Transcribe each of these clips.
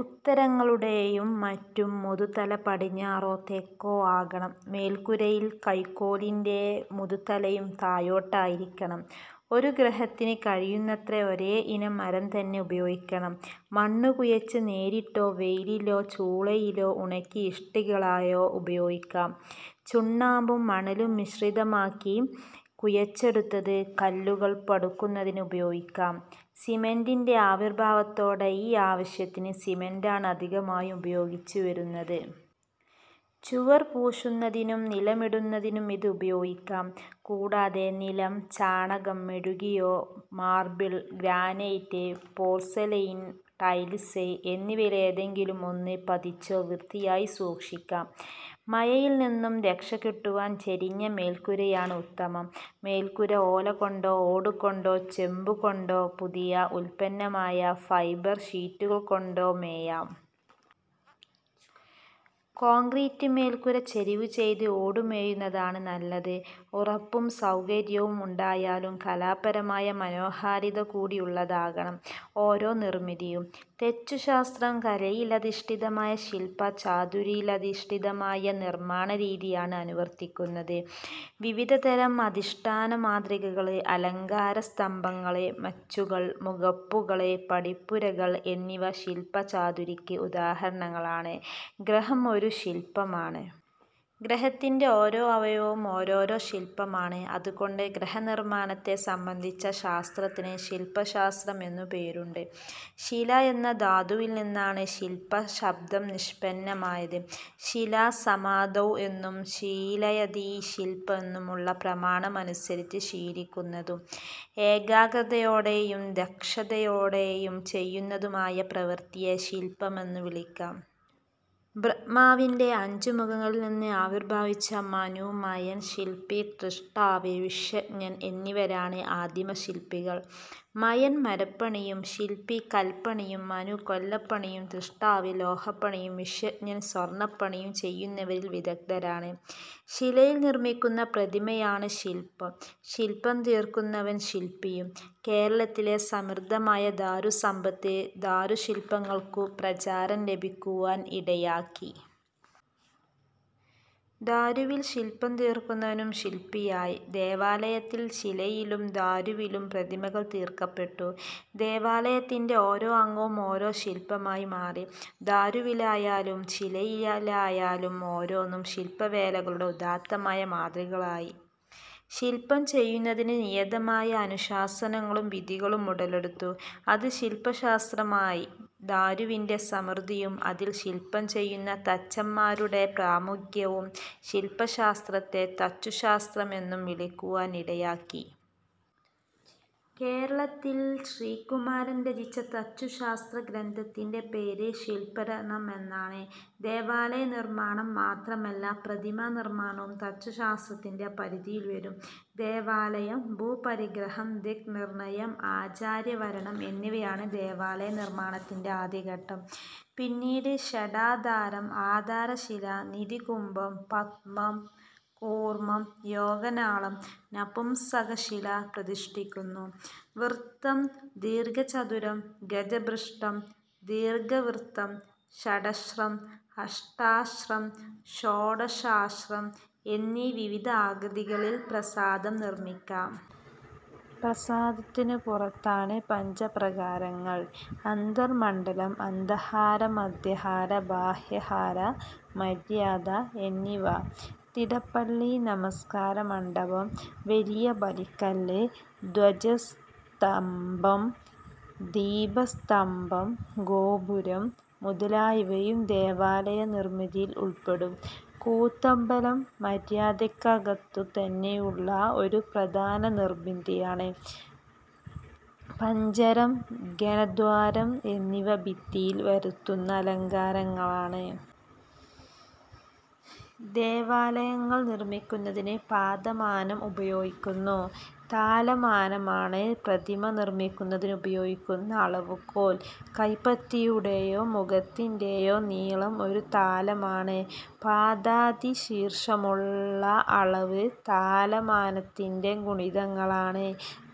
ഉത്തരങ്ങളുടേയും മറ്റും മുതുതല പടിഞ്ഞാറോ തെക്കോ ആകണം. മേൽക്കൂരയിൽ കഴുക്കോലിന്റെ മുതുതലയും താഴോട്ടായിരിക്കണം. ഒരു ഗൃഹത്തിന് കഴിയുന്നത്ര ഒരേ ഇനം മരംതന്നെ ഉപയോഗിക്കണം. മണ്ണു കുഴച്ച് നേരിട്ടോ, വെയിലിലോ ചൂളയിലോ ഉണക്കി ഇഷ്ടികകളായോ ഉപയോഗിക്കാം. ചുണ്ണാമ്പും മണലും മിശ്രിതമാക്കി കുഴച്ചെടുത്തത് കല്ലുകൾ പടുക്കുന്നതിന് ഉപയോഗിക്കാം. സിമന്റിന്റെ ആവിർഭാവത്തോടെ ഈ ആവശ്യത്തിന് സിമന്റാണ് അധികമായും ഉപയോഗിച്ചുവരുന്നത്. ചുവർ പൂശുന്നതിനും നിലമിടുന്നതിനും ഇത് ഉപയോഗിക്കാം. കൂടാതെ നിലം ചാണകം മെഴുകിയോ മാർബിൾ, ഗ്രാനൈറ്റ്, പോർസലൈൻ ടൈൽസ് എന്നിവയിലേതെങ്കിലും ഒന്ന് പതിച്ചോ വൃത്തിയായി സൂക്ഷിക്കാം. മഴയിൽനിന്നു രക്ഷ കിട്ടുവാൻ ചരിഞ്ഞ മേൽക്കൂരയാണ് ഉത്തമം. മേൽക്കൂര ഓലകൊണ്ടോ ഓടുകൊണ്ടോ ചെമ്പുകൊണ്ടോ പുതിയ ഉത്പന്നമായ ഫൈബർ ഷീറ്റുകൾ കൊണ്ടോ മേയാം. കോൺക്രീറ്റ് മേൽക്കൂര ചരിവു ചെയ്ത് ഓടു മേയുന്നതാണ് നല്ലത്. ഉറപ്പും സൗകര്യവും ഉണ്ടായാലും കലാപരമായ മനോഹാരിതകൂടി ഉള്ളതാകണം ഓരോ നിർമിതിയും. തച്ചുശാസ്ത്രം കലയിലധിഷ്ഠിതമായ ശില്പ ചാതുരിയിലധിഷ്ഠിതമായ-നിർമ്മാണരീതിയാണ് അനുവർത്തിക്കുന്നത്. വിവിധതരം അധിഷ്ഠാന മാതൃകകൾ, അലങ്കാര സ്തംഭങ്ങൾ, മച്ചുകൾ, മുഖപ്പുകൾ, പടിപ്പുരകൾ എന്നിവ ശില്പ ചാതുരിക്ക് ഉദാഹരണങ്ങളാണ്. ഗൃഹം ഒരു ശില്പമാണ്. ഗൃഹത്തിന്റെ ഓരോ അവയവവും ഓരോരോ ശില്പമാണ്. അതുകൊണ്ട് ഗൃഹനിർമ്മാണത്തെ സംബന്ധിച്ച ശാസ്ത്രത്തിന് ശില്പശാസ്ത്രം എന്നും പേരുണ്ട്. ശില എന്ന ധാതുവിൽ നിന്നാണ് ശില്പ ശബ്ദം നിഷ്പന്നമായത്. ശില സമാധൗ എന്നും ശീലയതി ശില്പം എന്നുമുള്ള പ്രമാണമനുസരിച്ച് ശീലിക്കുന്നതും ഏകാഗ്രതയോടെയും ദക്ഷതയോടെയും ചെയ്യുന്നതുമായ പ്രവൃത്തിയെ ശില്പമെന്നു വിളിക്കാം. ബ്രഹ്മാവിന്റെ അഞ്ച് മുഖങ്ങളിൽ നിന്ന് ആവിർഭവിച്ച മനു, മയൻ, ശില്പി, ത്വഷ്ടാവ്, വിശ്വജ്ഞൻ എന്നിവരാണ് ആദിമശില്പികൾ. മയൻ മരപ്പണിയും ശില്പി കല്പണിയും മനു കൊല്ലപ്പണിയും ത്വഷ്ടാവ് ലോഹപ്പണിയും വിശ്വജ്ഞൻ സ്വർണപ്പണിയും ചെയ്യുന്നവരിൽ വിദഗ്ദ്ധരാണ്. ശിലയിൽ നിർമ്മിക്കുന്ന പ്രതിമയാണ് ശില്പം. ശില്പം തീർക്കുന്നവൻ ശില്പിയും. കേരളത്തിലെ സമൃദ്ധമായ ദാരുസമ്പത്ത് ദാരുശില്പങ്ങൾക്കു പ്രചാരം ലഭിക്കുവാൻ ഇടയാക്കി. ദാരുവിൽ ശില്പം തീർക്കുന്നവനും ശില്പിയായി. ദേവാലയത്തിൽ ശിലയിലും ദാരുവിലും പ്രതിമകൾ തീർക്കപ്പെട്ടു. ദേവാലയത്തിന്റെ ഓരോ അംഗവും ഓരോ ശില്പമായി മാറി. ദാരുവിലായാലും ശിലയിലായാലും ഓരോന്നും ശില്പ വേലകളുടെ ഉദാത്തമായ മാതൃകകളായി. ശില്പം ചെയ്യുന്നതിന് നിയതമായ അനുശാസനകളും വിധികളും ഉടലെടുത്തു. അത് ശില്പശാസ്ത്രമായി. ദാരുവിന്റെ സമൃദ്ധിയും അതിൽ ശില്പം ചെയ്യുന്ന തച്ചന്മാരുടെ പ്രാമുഖ്യവും ശില്പശാസ്ത്രത്തെ തച്ചുശാസ്ത്രം എന്നും വിളിക്കുവാൻ ഇടയാക്കി. കേരളത്തിൽ ശ്രീകുമാരൻ രചിച്ച തച്ചുശാസ്ത്രഗ്രന്ഥത്തിന്റെ പേര് ശില്പരത്നം എന്നാണ്. ദേവാലയ നിർമ്മാണം മാത്രമല്ല, പ്രതിമാ നിർമ്മാണവും തച്ചുശാസ്ത്രത്തിന്റെ പരിധിയിൽ വരും. ദേവാലയം. ഭൂപരിഗ്രഹം, ദിക്നിർണയം, ആചാര്യവരണം എന്നിവയാണ് ദേവാലയ നിർമ്മാണത്തിന്റെ ആദ്യഘട്ടം. പിന്നീട് ഷഡാധാരം ആധാരശില, നിധികുംഭം, പദ്മം, കൂർമം, യോഗനാളം, നപുംസകശില പ്രതിഷ്ഠിക്കുന്നു. വൃത്തം, ദീർഘചതുരം, ഗജപൃഷ്ഠം, ദീർഘവൃത്തം, ഷഡശ്രം, അഷ്ടാശ്രം, ഷോഡശാശ്രം എന്നീ വിവിധ ആകൃതികളിൽ പ്രാസാദം നിർമ്മിക്കാം. പ്രാസാദത്തിനു പുറത്താണ് പഞ്ചപ്രാകാരങ്ങൾ അന്തർമണ്ഡലം, അന്തഹാര, മധ്യഹാര, ബാഹ്യഹാര, മര്യാദ എന്നിവ. തിടപ്പള്ളി, നമസ്കാരമണ്ഡപം, വലിയ ബലിക്കല്ല്, ധ്വജസ് തംഭം, ദീപസ്തംഭം, ഗോപുരം മുതലായവയും ദേവാലയ നിർമിതിയിൽ ഉൾപ്പെടും. കൂത്തമ്പലം മര്യാദയ്ക്കകത്തു തന്നെയുള്ള ഒരു പ്രധാന നിർമിതിയാണ്. പഞ്ജരം, ഘനദ്വാരം എന്നിവ ഭിത്തിയിൽ വരുത്തുന്ന അലങ്കാരങ്ങളാണ്. ദേവാലയങ്ങൾ നിർമ്മിക്കുന്നതിന് പാദമാനം ഉപയോഗിക്കുന്നു. താലമാനമാണ് പ്രതിമ നിർമ്മിക്കുന്നതിനുപയോഗിക്കുന്ന അളവുകോൽ. കൈപ്പത്തിയുടേയോ മുഖത്തിന്റേയോ നീളം ഒരു താലമാണ്. പാദാദി ശീർഷമുള്ള അളവ് താലമാനത്തിന്റെ ഗുണിതങ്ങളാണ്.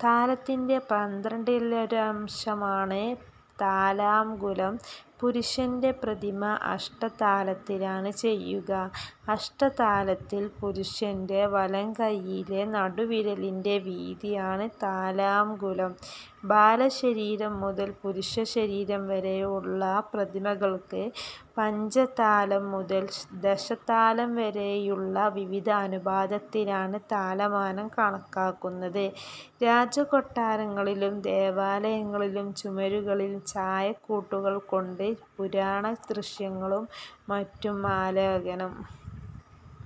താലത്തിന്റെ പന്ത്രണ്ടിലൊരംശമാണ് താലാംഗുലം. പുരുഷന്റെ പ്രതിമ അഷ്ടതാലത്തിലാണ് ചെയ്യുക. അഷ്ടതാലത്തിൽ പുരുഷന്റെ വലംകൈയിലെ നടുവിരലിന്റെ വീതിയാണ് താലാംഗുലം. ബാലശരീരം മുതൽ പുരുഷശരീരം വരെയുള്ള പ്രതിമകൾക്ക് പഞ്ചതാലം മുതൽ ദശതാലം വരെയുള്ള വിവിധ അനുപാതത്തിലാണ് താലമാനം കണക്കാക്കുന്നത്. രാജകൊട്ടാരങ്ങളിലും ദേവാലയങ്ങളിലും ചുമരുകളിൽ ചായക്കൂട്ടുകൾ കൊണ്ട് പുരാണദൃശ്യങ്ങളും മറ്റും ആലേഖനം